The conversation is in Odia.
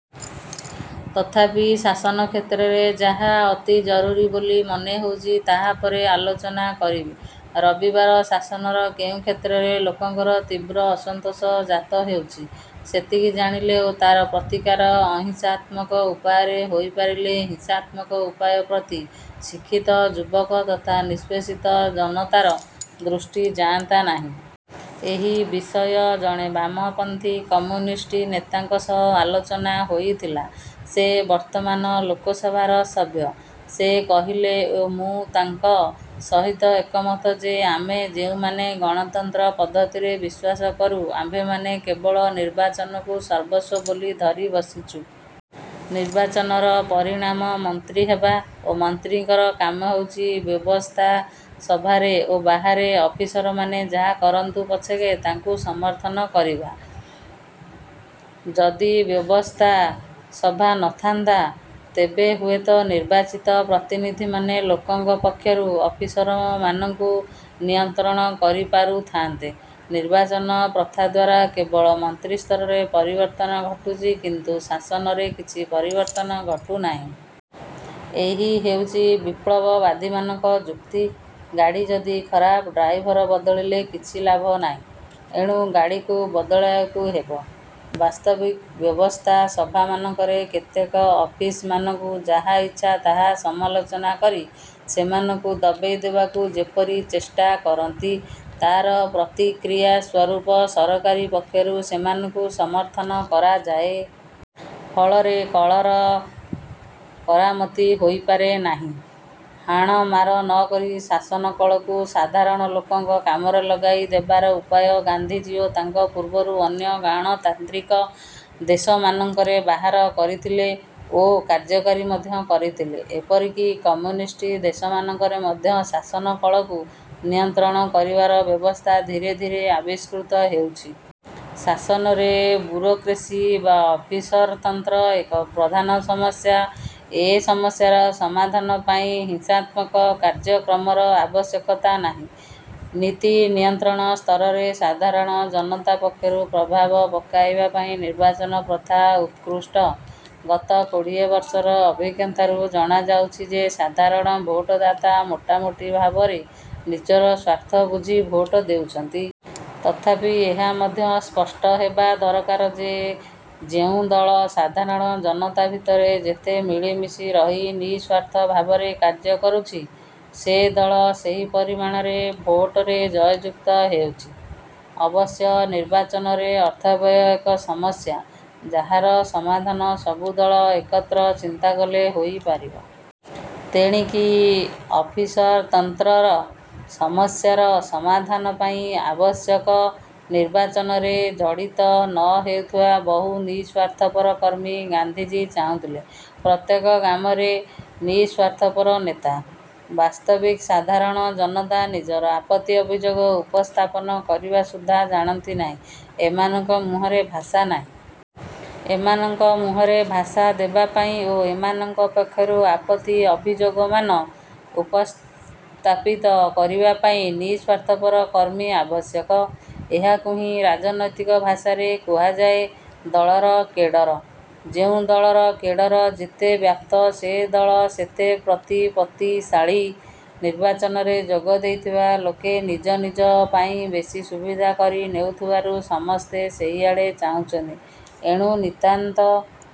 ତଥାପି ଶାସନ କ୍ଷେତ୍ରରେ ଯାହା ଅତି ଜରୁରି ବୋଲି ମନେହେଉଛି, ତାହା ପରେ ଆଲୋଚନା କରିବି। ରବିବାର ଶାସନର କେଉଁ କ୍ଷେତ୍ରରେ ଲୋକଙ୍କର ତୀବ୍ର ଅସନ୍ତୋଷ ଜାତ ହେଉଛି, ସେତିକି ଜାଣିଲେ ଓ ତାର ପ୍ରତିକାର ଅହିଂସାତ୍ମକ ଉପାୟରେ ହୋଇପାରିଲେ ହିଂସାତ୍ମକ ଉପାୟ ପ୍ରତି ଶିକ୍ଷିତ ଯୁବକ ତଥା ନିଷ୍ପେଷିତ ଜନତାର ଦୃଷ୍ଟି ଯାଆନ୍ତା ନାହିଁ। ଏହି ବିଷୟ ଜଣେ ବାମପନ୍ଥୀ କମ୍ୟୁନିଷ୍ଟ ନେତାଙ୍କ ସହ ଆଲୋଚନା ହୋଇଥିଲା। ସେ ବର୍ତ୍ତମାନ ଲୋକସଭାର ସଭ୍ୟ। ସେ କହିଲେ ଓ ମୁଁ ତାଙ୍କ ସହିତ ଏକମତ ଯେ ଆମେ ଯେଉଁମାନେ ଗଣତନ୍ତ୍ର ପଦ୍ଧତିରେ ବିଶ୍ୱାସ କରୁ, ଆମ୍ଭେମାନେ କେବଳ ନିର୍ବାଚନକୁ ସର୍ବସ୍ୱ ବୋଲି ଧରିବସିଛୁ। ନିର୍ବାଚନର ପରିଣାମ ମନ୍ତ୍ରୀ ହେବା ଓ ମନ୍ତ୍ରୀଙ୍କର କାମ ହେଉଛି ବ୍ୟବସ୍ଥାସଭାରେ ଓ ବାହାରେ ଅଫିସରମାନେ ଯାହା କରନ୍ତୁ ପଛକେ ତାଙ୍କୁ ସମର୍ଥନ କରିବା। ଯଦି ବ୍ୟବସ୍ଥାସଭା ନଥାନ୍ତା, ତେବେ ହୁଏତ ନିର୍ବାଚିତ ପ୍ରତିନିଧିମାନେ ଲୋକଙ୍କ ପକ୍ଷରୁ ଅଫିସରମାନଙ୍କୁ ନିୟନ୍ତ୍ରଣ କରିପାରୁଥାନ୍ତେ। ନିର୍ବାଚନ ପ୍ରଥାଦ୍ୱାରା କେବଳ ମନ୍ତ୍ରିସ୍ତରରେ ପରିବର୍ତ୍ତନ ଘଟୁଛି କିନ୍ତୁ ଶାସନରେ କିଛି ପରିବର୍ତ୍ତନ ଘଟୁନାହିଁ। ଏହି ହେଉଛି ବିପ୍ଳବବାଦୀମାନଙ୍କ ଯୁକ୍ତି। ଗାଡ଼ି ଯଦି ଖରାପ, ଡ୍ରାଇଭର ବଦଳିଲେ କିଛି ଲାଭନାହିଁ। ଏଣୁ ଗାଡ଼ିକୁ ବଦଳାଇବାକୁ ହେବ। ବାସ୍ତବିକ ବ୍ୟବସ୍ଥାସଭାମାନଙ୍କରେ କେତେକ ଅଫିସମାନଙ୍କୁ ଯାହା ଇଚ୍ଛା ତାହା ସମାଲୋଚନା କରି ସେମାନଙ୍କୁ ଦବେଇ ଦେବାକୁ ଯେପରି ଚେଷ୍ଟାକରନ୍ତି, ତା'ର ପ୍ରତିକ୍ରିୟା ସ୍ୱରୂପ ସରକାରୀ ପକ୍ଷରୁ ସେମାନଙ୍କୁ ସମର୍ଥନ କରାଯାଏ। ଫଳରେ କଳର ମରାମତି ହୋଇପାରେ ନାହିଁ। ହାଣମାର ନକରି ଶାସନ କଳକୁ ସାଧାରଣ ଲୋକଙ୍କ କାମରେ ଲଗାଇ ଦେବାର ଉପାୟ ଗାନ୍ଧିଜୀ ଓ ତାଙ୍କ ପୂର୍ବରୁ ଅନ୍ୟ ଗାଣତାନ୍ତ୍ରିକ ଦେଶମାନଙ୍କରେ ବାହାର କରିଥିଲେ ଓ କାର୍ଯ୍ୟକାରୀ ମଧ୍ୟ କରିଥିଲେ। ଏପରିକି କମ୍ୟୁନିଷ୍ଟ ଦେଶମାନଙ୍କରେ ମଧ୍ୟ ଶାସନ କଳକୁ ନିୟନ୍ତ୍ରଣ କରିବାର ବ୍ୟବସ୍ଥା ଧୀରେ ଧୀରେ ଆବିଷ୍କୃତ ହେଉଛି। ଶାସନରେ ବୁରୋକ୍ରେସି ବା ଅଫିସରତନ୍ତ୍ର ଏକ ପ୍ରଧାନ ସମସ୍ୟା। ଏ ସମସ୍ୟାର ସମାଧାନ ପାଇଁ ହିଂସାତ୍ମକ କାର୍ଯ୍ୟକ୍ରମର ଆବଶ୍ୟକତା ନାହିଁ। ନୀତିନିୟନ୍ତ୍ରଣ ସ୍ତରରେ ସାଧାରଣ ଜନତା ପକ୍ଷରୁ ପ୍ରଭାବ ପକାଇବା ପାଇଁ ନିର୍ବାଚନ ପ୍ରଥା ଉତ୍କୃଷ୍ଟ। ଗତ କୋଡ଼ିଏ ବର୍ଷର ଅଭିଜ୍ଞତାରୁ ଜଣାଯାଉଛି ଯେ ସାଧାରଣ ଭୋଟଦାତା ମୋଟାମୋଟି ଭାବରେ ନିଜର ସ୍ୱାର୍ଥବୁଝି ଭୋଟ ଦେଉଛନ୍ତି। ତଥାପି ଏହା ମଧ୍ୟ ସ୍ପଷ୍ଟହେବା ଦରକାର ଯେ ଯେଉଁ ଦଳ ସାଧାରଣ ଜନତା ଭିତରେ ଯେତେ ମିଳିମିଶି ରହି ନିଃସ୍ୱାର୍ଥ ଭାବରେ କାର୍ଯ୍ୟ କରୁଛି, ସେ ଦଳ ସେହି ପରିମାଣରେ ଭୋଟରେ ଜୟଯୁକ୍ତ ହେଉଛି। ଅବଶ୍ୟ ନିର୍ବାଚନରେ ଅର୍ଥବ୍ୟୟ ଏକ ସମସ୍ୟା- ଯାହାର ସମାଧାନ ସବୁ ଦଳ ଏକତ୍ର ଚିନ୍ତାକଲେ ହୋଇପାରିବ। ତେଣିକି ଅଫିସରତନ୍ତ୍ରର ସମସ୍ୟାର ସମାଧାନ ପାଇଁ ଆବଶ୍ୟକ ନିର୍ବାଚନରେ ଜଡ଼ିତ ନ ହେଉଥିବା ବହୁ ନିଃସ୍ୱାର୍ଥପର କର୍ମୀ। ଗାନ୍ଧିଜୀ ଚାହୁଁଥିଲେ ପ୍ରତ୍ୟେକ ଗ୍ରାମରେ ନିଃସ୍ୱାର୍ଥପର ନେତା। ବାସ୍ତବିକ ସାଧାରଣ ଜନତା ନିଜର ଆପତ୍ତି ଅଭିଯୋଗ ଉପସ୍ଥାପନ କରିବା ସୁଦ୍ଧା ଜାଣନ୍ତି ନାହିଁ। ଏମାନଙ୍କ ମୁହଁରେ ଭାଷା ନାହିଁ। ଏମାନଙ୍କ ମୁହଁରେ ଭାଷା ଦେବାପାଇଁ ଓ ଏମାନଙ୍କ ପକ୍ଷରୁ ଆପତ୍ତି ଅଭିଯୋଗମାନ ଉପସ୍ଥାପିତ କରିବା ପାଇଁ ନିଃସ୍ୱାର୍ଥପର କର୍ମୀ ଆବଶ୍ୟକ। ଏହାକୁ ହିଁ ରାଜନୈତିକ ଭାଷାରେ କୁହାଯାଏ ଦଳର କେଡ଼ର। ଯେଉଁ ଦଳର କେଡ଼ର ଯେତେ ବ୍ୟାପ୍ତ ସେ ଦଳ ସେତେ ପ୍ରତିପତ୍ତିଶାଳୀ। ନିର୍ବାଚନରେ ଯୋଗ ଦେଇଥିବା ଲୋକେ ନିଜ ନିଜ ପାଇଁ ବେଶି ସୁବିଧା କରି ନେଉଥିବାରୁ ସମସ୍ତେ ସେହିଆଡ଼େ ଚାହୁଁଛନ୍ତି। ଏଣୁ ନିତାନ୍ତ